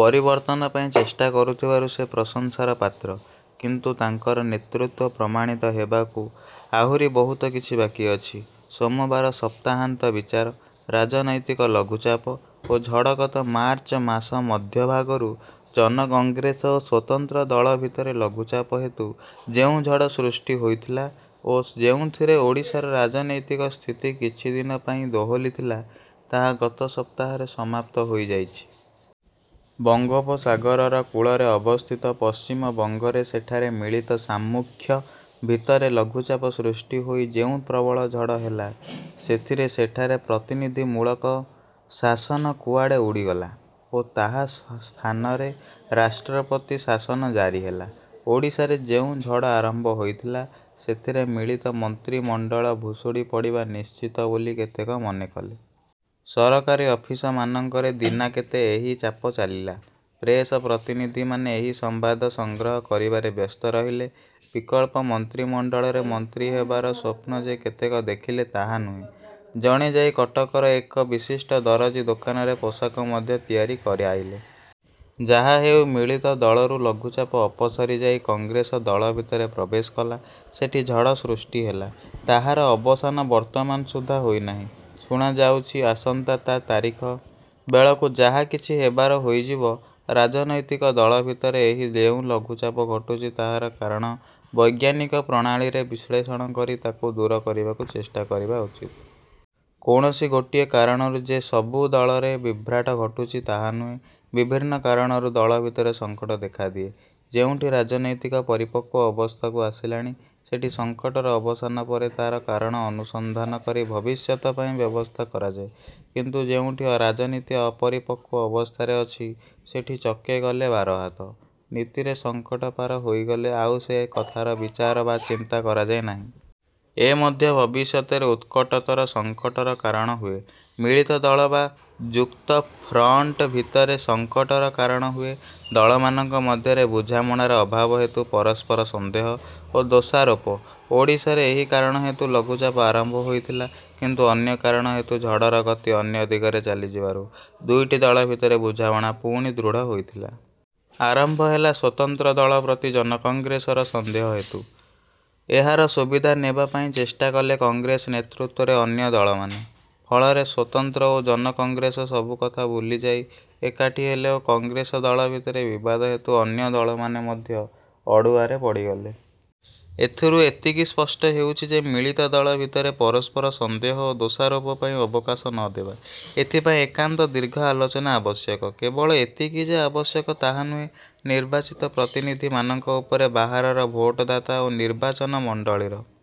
ପରିବର୍ତ୍ତନ ପାଇଁ ଚେଷ୍ଟା କରୁଥିବାରୁ ସେ ପ୍ରଶଂସାର ପାତ୍ର; କିନ୍ତୁ ତାଙ୍କର ନେତୃତ୍ୱ ପ୍ରମାଣିତ ହେବାକୁ ଆହୁରି ବହୁତ କିଛି ବାକି ଅଛି। ସୋମବାର ସପ୍ତାହାନ୍ତ ବିଚାର, ରାଜନୈତିକ ଲଘୁଚାପ ଓ ଝଡ଼ ଗତ ମାର୍ଚ୍ଚ ମାସ ମଧ୍ୟଭାଗରୁ ଜନ-କଂଗ୍ରେସ ଓ ସ୍ୱତନ୍ତ୍ର ଦଳ ଭିତରେ ଲଘୁଚାପ ହେତୁ ଯେଉଁ ଝଡ଼ ସୃଷ୍ଟି ହୋଇଥିଲା ଓ ଯେଉଁଥିରେ ଓଡ଼ିଶାର ରାଜନୈତିକ ସ୍ଥିତି କିଛିଦିନ ପାଇଁ ଦୋହଲିଥିଲା, ତାହା ଗତ ସପ୍ତାହରେ ସମାପ୍ତ ହୋଇଯାଇଛି। ବଙ୍ଗୋପସାଗରର କୂଳରେ ଅବସ୍ଥିତ ପଶ୍ଚିମବଙ୍ଗରେ ସେଠାରେ ମିଳିତ ସାମ୍ମୁଖ୍ୟ ଭିତରେ ଲଘୁଚାପ ସୃଷ୍ଟି ହୋଇ ଯେଉଁ ପ୍ରବଳ ଝଡ଼ ହେଲା, ସେଥିରେ ସେଠାରେ ପ୍ରତିନିଧିମୂଳକ ଶାସନ କୁଆଡ଼େ ଉଡ଼ିଗଲା ଓ ତାହା ସ୍ଥାନରେ ରାଷ୍ଟ୍ରପତି ଶାସନ ଜାରି ହେଲା। ଓଡ଼ିଶାରେ ଯେଉଁ ଝଡ଼ ଆରମ୍ଭ ହୋଇଥିଲା, ସେଥିରେ ମିଳିତ ମନ୍ତ୍ରିମଣ୍ଡଳ ଭୁଷୁଡ଼ି ପଡ଼ିବା ନିଶ୍ଚିତ ବୋଲି କେତେକ ମନେକଲେ। ସରକାରୀ ଅଫିସମାନଙ୍କରେ ଦିନାକେତେ ଏହି ଚାପ ଚାଲିଲା। ପ୍ରେସ ପ୍ରତିନିଧିମାନେ ଏହି ସମ୍ବାଦ ସଂଗ୍ରହ କରିବାରେ ବ୍ୟସ୍ତ ରହିଲେ। ବିକଳ୍ପ ମନ୍ତ୍ରିମଣ୍ଡଳରେ ମନ୍ତ୍ରୀ ହେବାର ସ୍ୱପ୍ନ ଯେ କେତେକ ଦେଖିଲେ ତାହା ନୁହେଁ, ଜଣେ ଯାଇ କଟକର ଏକ ବିଶିଷ୍ଟ ଦରଜି ଦୋକାନରେ ପୋଷାକ ମଧ୍ୟ ତିଆରି କରାଇଲେ। ଯାହାହେଉ ମିଳିତ ଦଳରୁ ଲଘୁଚାପ ଅପସରି ଯାଇ କଂଗ୍ରେସ ଦଳ ଭିତରେ ପ୍ରବେଶ କଲା। ସେଠି ଝଡ଼ ସୃଷ୍ଟି ହେଲା। ତାହାର ଅବସାନ ବର୍ତ୍ତମାନ ସୁଦ୍ଧା ହୋଇନାହିଁ। ଶୁଣାଯାଉଛି ଆସନ୍ତା ତା ତାରିଖ ବେଳକୁ ଯାହା କିଛି ହେବାର ହୋଇଯିବ। ରାଜନୈତିକ ଦଳ ଭିତରେ ଏହି ଯେଉଁ ଲଘୁଚାପ ଘଟୁଛି ତାହାର କାରଣ ବୈଜ୍ଞାନିକ ପ୍ରଣାଳୀରେ ବିଶ୍ଳେଷଣ କରି ତାକୁ ଦୂର କରିବାକୁ ଚେଷ୍ଟା କରିବା ଉଚିତ। କୌଣସି ଗୋଟିଏ କାରଣରୁ ଯେ ସବୁ ଦଳରେ ବିଭ୍ରାଟ ଘଟୁଛି, ତାହା ନୁହେଁ। ବିଭିନ୍ନ କାରଣରୁ ଦଳ ଭିତରେ ସଂକଟ ଦେଖାଦିଏ। ଯେଉଁଠି ରାଜନୀତି ପରିପକ୍ୱ ଅବସ୍ଥାକୁ ଆସିଲାଣି, ସେଠି ସଂକଟର ଅବସାନ ପରେ ତା'ର କାରଣ ଅନୁସନ୍ଧାନ କରି ଭବିଷ୍ୟତ ପାଇଁ ବ୍ୟବସ୍ଥା କରାଯାଏ; କିନ୍ତୁ ଯେଉଁଠି ରାଜନୀତି ଅପରିପକ୍ୱ ଅବସ୍ଥାରେ ଅଛି ସେଠି ''ଚକେ ଗଲେ ବାରହାତ'' ନୀତିରେ ସଂକଟ ପାର ହୋଇଗଲେ ଆଉ ସେ କଥାର ବିଚାର ବା ଚିନ୍ତା କରାଯାଏ ନାହିଁ। ଏ ମଧ୍ୟ ଭବିଷ୍ୟତରେ ଉତ୍କଟତର ସଂକଟର କାରଣ ହୁଏ। ମିଳିତ ଦଳ ବା ଯୁକ୍ତଫ୍ରଣ୍ଟ ଭିତରେ ସଂକଟର କାରଣ ହୁଏ ଦଳମାନଙ୍କ ମଧ୍ୟରେ ବୁଝାମଣାର ଅଭାବ ହେତୁ ପରସ୍ପର ସନ୍ଦେହ ଓ ଦୋଷାରୋପ। ଓଡ଼ିଶାରେ ଏହି କାରଣ ହେତୁ ଲଘୁଚାପ ଆରମ୍ଭ ହୋଇଥିଲା; କିନ୍ତୁ ଅନ୍ୟ କାରଣ ହେତୁ ଝଡ଼ର ଗତି ଅନ୍ୟ ଦିଗରେ ଚାଲିଯିବାରୁ ଦୁଇଟି ଦଳ ଭିତରେ ବୁଝାମଣା ପୁଣି ଦୃଢ଼ ହୋଇଥିଲା। ଆରମ୍ଭ ହେଲା ସ୍ୱତନ୍ତ୍ର ଦଳ ପ୍ରତି ଜନକଂଗ୍ରେସର ସନ୍ଦେହ ହେତୁ। ଏହାର ସୁବିଧା ନେବାପାଇଁ ଚେଷ୍ଟା କଲେ କଂଗ୍ରେସ ନେତୃତ୍ୱରେ ଅନ୍ୟ ଦଳମାନେ। ଫଳରେ ସ୍ୱତନ୍ତ୍ର ଓ ଜନକଂଗ୍ରେସ ସବୁକଥା ଭୁଲିଯାଇ ଏକାଠି ହେଲେ ଓ କଂଗ୍ରେସ ଦଳ ଭିତରେ ବିବାଦ ହେତୁ ଅନ୍ୟ ଦଳମାନେ ମଧ୍ୟ ଅଡ଼ୁଆରେ ପଡ଼ିଗଲେ। ଏଥିରୁ ଏତିକି ସ୍ପଷ୍ଟ ହେଉଛି ଯେ ମିଳିତ ଦଳ ଭିତରେ ପରସ୍ପର ସନ୍ଦେହ ଓ ଦୋଷାରୋପ ପାଇଁ ଅବକାଶ ନ ଦେବା। ଏଥିପାଇଁ ଏକାନ୍ତ ଦୀର୍ଘ ଆଲୋଚନା ଆବଶ୍ୟକ। କେବଳ ଏତିକି ଯେ ଆବଶ୍ୟକ ତାହା ନୁହେଁ। ନିର୍ବାଚିତ ପ୍ରତିନିଧିମାନଙ୍କ ଉପରେ ବାହାରର ଭୋଟଦାତା ଓ ନିର୍ବାଚନ ମଣ୍ଡଳୀର